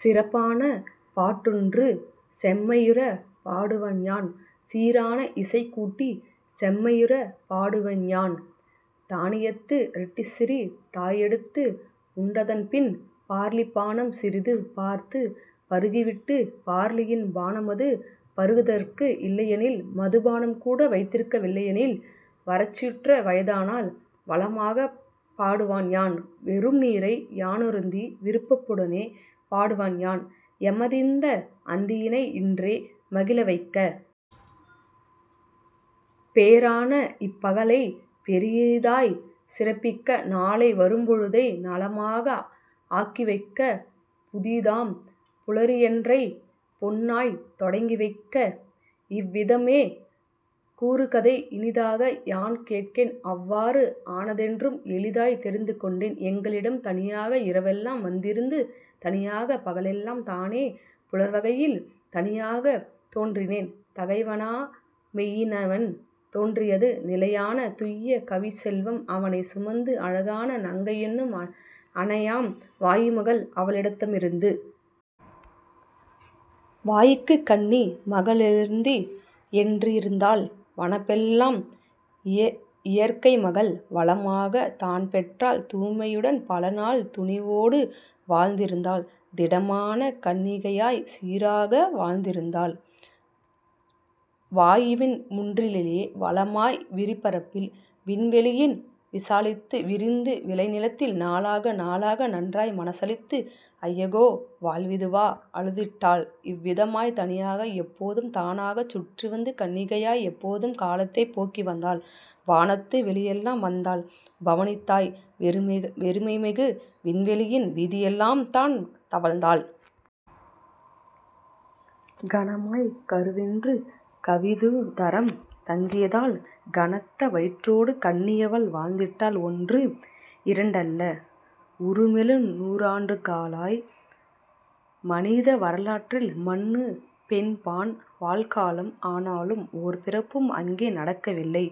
சிறப்பான பாட்டொன்று செம்மையுறப் பாடுவன்யான் சீரான இசைக்கூட்டிச் செம்மையுறப் பாடுவன்யான் தானியத்து ரொட்டிசிறி தாயெடுத்து உண்டதன்பின் பார்லிப்பானம் சிறிது பார்த்துப் பருகவிட்டு பார்லியின் பானமது பருகுதற்கு இல்லையெனில் மதுபானம் கூட வைத்திருக்க வில்லையெனில் வறட்சியுற்ற வாயதனால் வளமாகப் பாடுவன்யான் வெறும்நீரை யானருந்தி விருப்புடனே பாடுவன்யான் எமதிந்த அந்தியினை இன்றே மகிழவைக்க. பேரான இப்பகலைப் பெரிதாய்ச் சிறப்பிக்க நாளை வரும்பொழுதை நலமாக ஆக்கிவைக்க புதிதாம் புலரியொன்றைப் பொன்னாய்த் தொடங்கிவைக்க. இவ்விதமே கூறுகதை இனிதாக யான்கேட்டேன் அவ்வாறு ஆனதென்றும் எளிதாய்த் தெரிந்துகொண்டேன்: எங்களிடம் தனியாக இரவெல்லாம் வந்திருந்து தனியாகப் பகலெல்லாம் தானே புலர்வகையில். தனியாகத் தோன்றினேன் தகைவைனாமொயினனவன் தோன்றியது நிலையான துய்ய கவிச்செல்வம் அவனைச் சுமந்த அழகான நங்கையென்னும் அனையாம் வாயுமகள் அவளிடத்திலிருந்து. வாயுக்குக் கன்னி மகளொருத்தி யன்றிருந்தாள் வனப்பெல்லாம் இயற்கைமகள் வளமாகத் தான்பெற்றாள் தூய்மையுடன் பலநாள் துணிவோடு வாழ்ந்திருந்தாள் திடமான கன்னிகையாய்க் சீராக வாழ்ந்திருந்தாள் வாயுவின் முன்றிலிலே வளமாய் விரிபரப்பில் விண்வெளியின் விசாலித்து விரிந்த விளைநிலத்தில். நாளாக நாளாக நன்றாய் மனம்சலித்து ஐயகோ வாழ்விதுவா அலுத்திட்டாள் இவ்விதமாய் தனியாக எப்போதும் தானாகச் சுற்றிவந்து கன்னிகையாய் எப்போதும் காலத்தைப் போக்கிவந்தாள் வானத்து வெளியெல்லாம் வந்தாள் பவனியதாய் வெறுமைமிகு விண்வெளியின் விதியெல்லாம் தான்தவழ்ந்தாள். கனமல் கருவொன்று கவினுதரம் தங்கியதால் கனத்த வயிற்றோடு கன்னியவள் வாழ்ந்திட்டாள் ஒன்று இரண்டல்ல உறுமெழுநூறாண்டுகளாய் மனித வரலாற்றில் மன்னுபொன்பான் வாழ்காலம் ஆனாலும் ஓர்பிறப்பும் அங்கே நடக்கவில்லை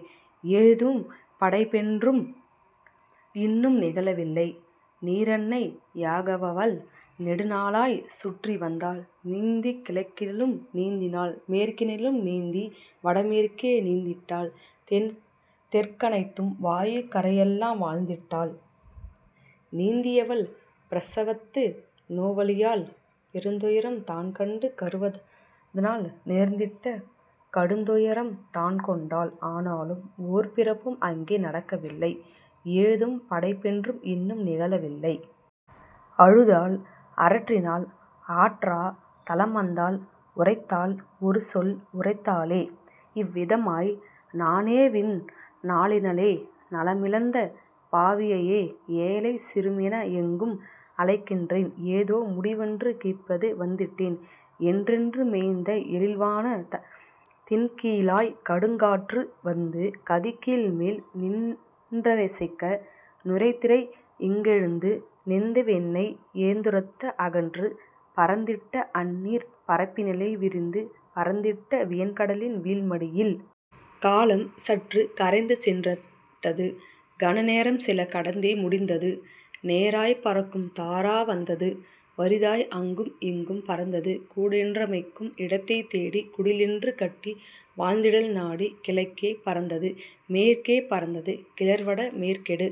ஏதும் படைப்பென்றும் இன்னும் நிகழவில்லை. நீரன்னை யாகவவள் நெடுநாளாய்ச் சுற்றிவந்தாள் நீந்திக் கிழக்கினிலும் நீந்தினாள் மேற்கினிலும் நீந்தி வடமேற்கே நீந்திட்டாள் தெற்கனைத்தும் வாயுக் கரையெல்லாம் வந்திட்டாள் நீந்தியவள் பிரசவத்து நோவலியால் பெருந்துயரம் தான்கண்டு கருவதனால் நேர்ந்திட்டு கடுந்துயரம் தான்கொண்டாள் ஆனாலும் ஓர்பிறப்பும் அங்கே நடக்கவில்லை ஏதும் படைப்பொன்றும் இன்னும் நிகழவில்லை. அழுதாள் அரற்றினாள் ஆற்றா தலமந்தாள் உரைத்தாள் ஒருசொல் உரைத்தாளே இவ்விதமாய்: நானோவிந் நாளினிலே நலமிழந்த பாவியையோ ஏழைச் சிறுமியென எங்கும் அலைகின்றேன் ஏதோ முடிவொன்றுக் கிப்போது வந்திட்டேன் என்றென்று மேயிந்த எழில்வானத் தின்கீழாய் கடுங்காற்று வந்து கதிகீழ்மேல் நின்றசைக்க நுரைதிரை யிங்கெழுந்து நொந்தவென்னை யேதுரத்த அகன்று பரந்திட்ட அந்நீர்ப் பரப்பினிலே விரிந்து பரந்திட்ட வியன்கடலின் வீழ்மடியில். காலம் சற்றுக் கரைந்துசென்றிட்டது கணநேரம்சில கடந்தே முடிந்தது நேராய்ப் பறக்கும் தாரா வந்தது வறிதாய் அங்கும் இங்கும் பறந்தது கூடொன்றமைக்கும் இடத்தைத் தேடி குடிலொன்று கட்டி வாழ்ந்திடல் நாடி. கிழக்கே பறந்தது மேற்கே பறந்தது கிளர்வட மேற்கொடு